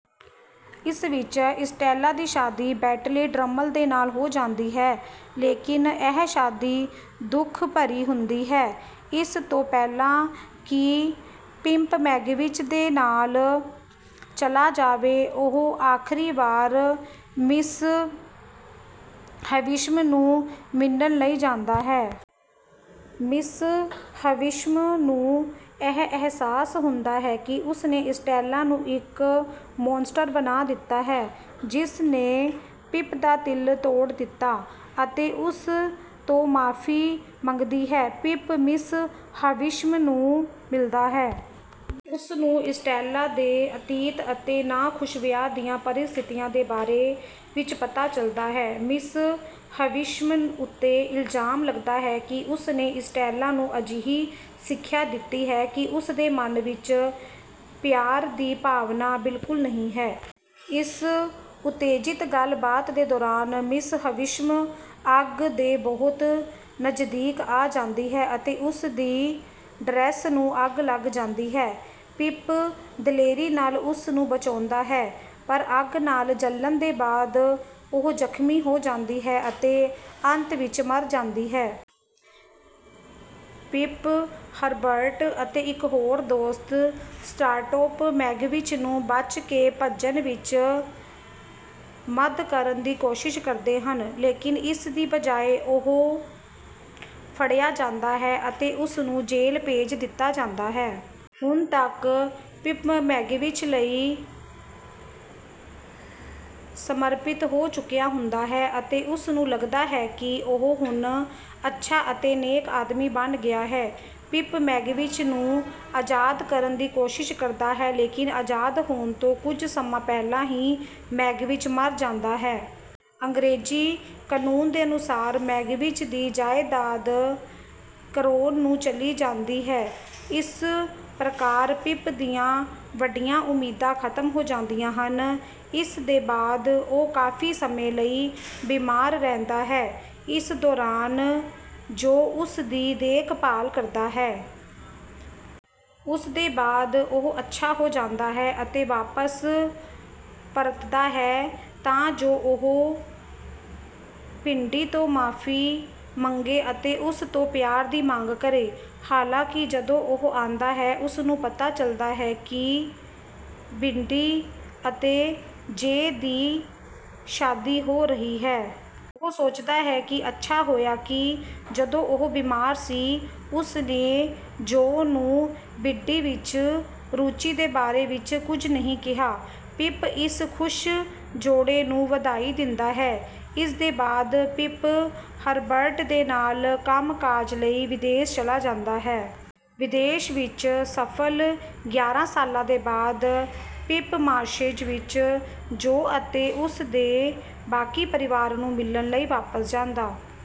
ਇਸ ਵਿੱਚ ਇਸਟੈਲਾ ਦੀ ਸ਼ਾਦੀ ਬੈਂਟਲੇ ਡ੍ਰਮਲ ਦੇ ਨਾਲ ਹੋ ਜਾਂਦੀ ਹੈ, ਲੇਕਿਨ ਇਹ ਸ਼ਾਦੀ ਦੁਖਭਰੀ ਹੁੰਦੀ ਹੈ। ਇਸ ਤੋਂ ਪਹਿਲਾਂ ਕਿ ਪਿਪ ਮੈਗਵਿਚ ਦੇ ਨਾਲ ਚਲਾ ਜਾਵੇ, ਉਹ ਆਖਰੀ ਵਾਰ ਮਿਸ ਹਵਿਸ਼ਮ ਨੂੰ ਮਿਲਣ ਲਈ ਜਾਂਦਾ ਹੈ। ਮਿਸ ਹਵਿਸ਼ਮ ਨੂੰ ਇਹ ਅਹਿਸਾਸ ਹੁੰਦਾ ਹੈ ਕਿ ਉਸ ਨੇ ਇਸਟੈਲਾ ਨੂੰ ਇੱਕ ਮੌਨਸਟਰ ਬਣਾ ਦਿੱਤਾ ਹੈ, ਜਿਸ ਨੇ ਪਿਪ ਦਾ ਦਿਲ ਤੋੜ ਦਿੱਤਾ, ਅਤੇ ਉਸ ਤੋਂ ਮਾਫੀ ਮੰਗਦੀ ਹੈ। ਪਿਪ ਮਿਸ ਹਵਿਸ਼ਮ ਨੂੰ ਮਿਲਦਾ ਹੈ। ਉਸ ਨੂੰ ਇਸਟੈਲਾ ਦੇ ਅਤੀਤ ਅਤੇ ਨਾਖੁਸ਼ ਵਿਆਹ ਦੀਆਂ ਪਰਿਸਥਿਤੀਆਂ ਦੇ ਬਾਰੇ ਵਿੱਚ ਪਤਾ ਚੱਲਦਾ ਹੈ। ਮਿਸ ਹਵਿਸ਼ਮ ਉੱਤੇ ਇਲਜ਼ਾਮ ਲੱਗਦਾ ਹੈ ਕਿ ਉਸ ਨੇ ਇਸਟੈਲਾ ਨੂੰ ਅਜਿਹੀ ਸਿੱਖਿਆ ਦਿੱਤੀ ਹੈ ਕਿ ਉਸ ਦੇ ਮਨ ਵਿੱਚ ਪਿਆਰ ਦੀ ਭਾਵਨਾ ਬਿਲਕੁੱਲ ਨਹੀਂ ਹੈ। ਇਸ ਉਤੇਜਿਤ ਗੱਲਬਾਤ ਦੇ ਦੌਰਾਨ, ਮਿਸ ਹਵਿਸ਼ਮ ਅੱਗ ਦੇ ਬਹੁਤ ਨਜ਼ਦੀਕ ਆ ਜਾਂਦੀ ਹੈ ਅਤੇ ਉਸ ਦੀ ਡਰੈਸ ਨੂੰ ਅੱਗ ਲੱਗ ਜਾਂਦੀ ਹੈ। ਪਿਪ ਦਲੇਰੀ ਨਾਲ ਉਸ ਨੂੰ ਬਚਾਉਂਦਾ ਹੈ, ਪਰ ਅੱਗ ਨਾਲ ਜਲਣ ਦੇ ਬਾਅਦ ਉਹ ਜ਼ਖ਼ਮੀ ਹੋ ਜਾਂਦੀ ਹੈ ਅਤੇ ਅੰਤ ਵਿੱਚ ਮਰ ਜਾਂਦੀ ਹੈ। ਪਿਪ, ਹਰਬਰਟ, ਅਤੇ ਇੱਕ ਹੋਰ ਦੋਸਤ, ਸਟਾਰਟੋਪ, ਮੈਗਵਿਚ ਨੂੰ ਬਚ ਕੇ ਭੱਜਣ ਵਿੱਚ ਮਦ ਕਰਨ ਦੀ ਕੋਸ਼ਿਸ਼ ਕਰਦੇ ਹਨ। ਲੇਕਿਨ ਇਸ ਦੀ ਬਜਾਏ ਉਹ ਫੜਿਆ ਜਾਂਦਾ ਹੈ ਅਤੇ ਉਸ ਨੂੰ ਜੇਲ੍ਹ ਭੇਜ ਦਿੱਤਾ ਜਾਂਦਾ ਹੈ। ਹੁਣ ਤੱਕ ਪਿਪ ਮੈਗਵਿਚ ਲਈ ਸਮਰਪਿਤ ਹੋ ਚੁੱਕਿਆ ਹੁੰਦਾ ਹੈ ਅਤੇ ਉਸ ਨੂੰ ਲੱਗਦਾ ਹੈ ਕਿ ਉਹ ਹੁਣ ਅੱਛਾ ਅਤੇ ਨੇਕ ਆਦਮੀ ਬਣ ਗਿਆ ਹੈ। ਪਿਪ ਮੈਗਵਿਚ ਨੂੰ ਆਜ਼ਾਦ ਕਰਨ ਦੀ ਕੋਸ਼ਿਸ਼ ਕਰਦਾ ਹੈ ਲੇਕਿਨ ਆਜ਼ਾਦ ਹੋਣ ਤੋਂ ਕੁਝ ਸਮਾਂ ਪਹਿਲਾਂ ਹੀ ਮੈਗਵਿਚ ਮਰ ਜਾਂਦਾ ਹੈ। ਅੰਗਰੇਜ਼ੀ ਕਨੂੰਨ ਦੇ ਅਨੁਸਾਰ ਮੈਗਵਿਚ ਦੀ ਜਾਇਦਾਦ ਕਰਾਊਨ ਨੂੰ ਚਲੀ ਜਾਂਦੀ ਹੈ। ਇਸ ਪ੍ਰਕਾਰ ਪਿਪ ਦੀਆਂ ਵੱਡੀਆਂ ਉਮੀਦਾਂ ਖ਼ਤਮ ਹੋ ਜਾਂਦੀਆਂ ਹਨ। ਇਸ ਦੇ ਬਾਅਦ ਉਹ ਕਾਫ਼ੀ ਸਮੇਂ ਲਈ ਬੀਮਾਰ ਰਹਿੰਦਾ ਹੈ। ਇਸ ਦੌਰਾਨ ਜੋਅ ਉਸ ਦੀ ਦੇਖਭਾਲ ਕਰਦਾ ਹੈ। ਉਸ ਦੇ ਬਾਅਦ ਉਹ ਅੱਛਾ ਹੋ ਜਾਂਦਾ ਹੈ, ਅਤੇ ਵਾਪਸ ਪਰਤਦਾ ਹੈ ਤਾਂ ਜੋ ਉਹ ਬਿੱਡੀ ਤੋਂ ਮਾਫੀ ਮੰਗੇ ਅਤੇ ਉਸ ਤੋਂ ਪਿਆਰ ਦੀ ਮੰਗ ਕਰੇ। ਹਾਲਾਂਕਿ, ਜਦੋਂ ਉਹ ਆਉਂਦਾ ਹੈ, ਉਸ ਨੂੰ ਪਤਾ ਚੱਲਦਾ ਹੈ ਕਿ ਬਿੱਡੀ ਅਤੇ ਜੋਅ ਦੀ ਸ਼ਾਦੀ ਹੋ ਰਹੀ ਹੈ। ਉਹ ਸੋਚਦਾ ਹੈ ਕਿ ਅੱਛਾ ਹੋਇਆ ਕਿ ਜਦੋਂ ਉਹ ਬੀਮਾਰ ਸੀ ਉਸ ਨੇ ਜੋਅ ਨੂੰ ਬਿੱਡੀ ਵਿੱਚ ਰੁਚੀ ਦੇ ਬਾਰੇ ਵਿੱਚ ਕੁਝ ਨਹੀਂ ਕਿਹਾ। ਪਿਪ ਇਸ ਖੁਸ਼ ਜੋੜੇ ਨੂੰ ਵਧਾਈ ਦਿੰਦਾ ਹੈ। ਇਸ ਦੇ ਬਾਅਦ, ਪਿਪ ਹਰਬਰਟ ਦੇ ਨਾਲ ਕੰਮ-ਕਾਜ ਲਈ ਵਿਦੇਸ਼ ਚਲਾ ਜਾਂਦਾ ਹੈ। ਵਿਦੇਸ਼ ਵਿੱਚ ਸਫਲ ਗਿਆਰਾਂ ਸਾਲਾਂ ਦੇ ਬਾਅਦ, ਪਿਪ ਮਾਰਸ਼ੇਜ਼ ਵਿੱਚ ਜੋਅ ਅਤੇ ਉਸ ਦੇ ਬਾਕੀ ਪਰਿਵਾਰ ਨੂੰ ਮਿਲਣ ਲਈ ਵਾਪਸ ਜਾਂਦਾ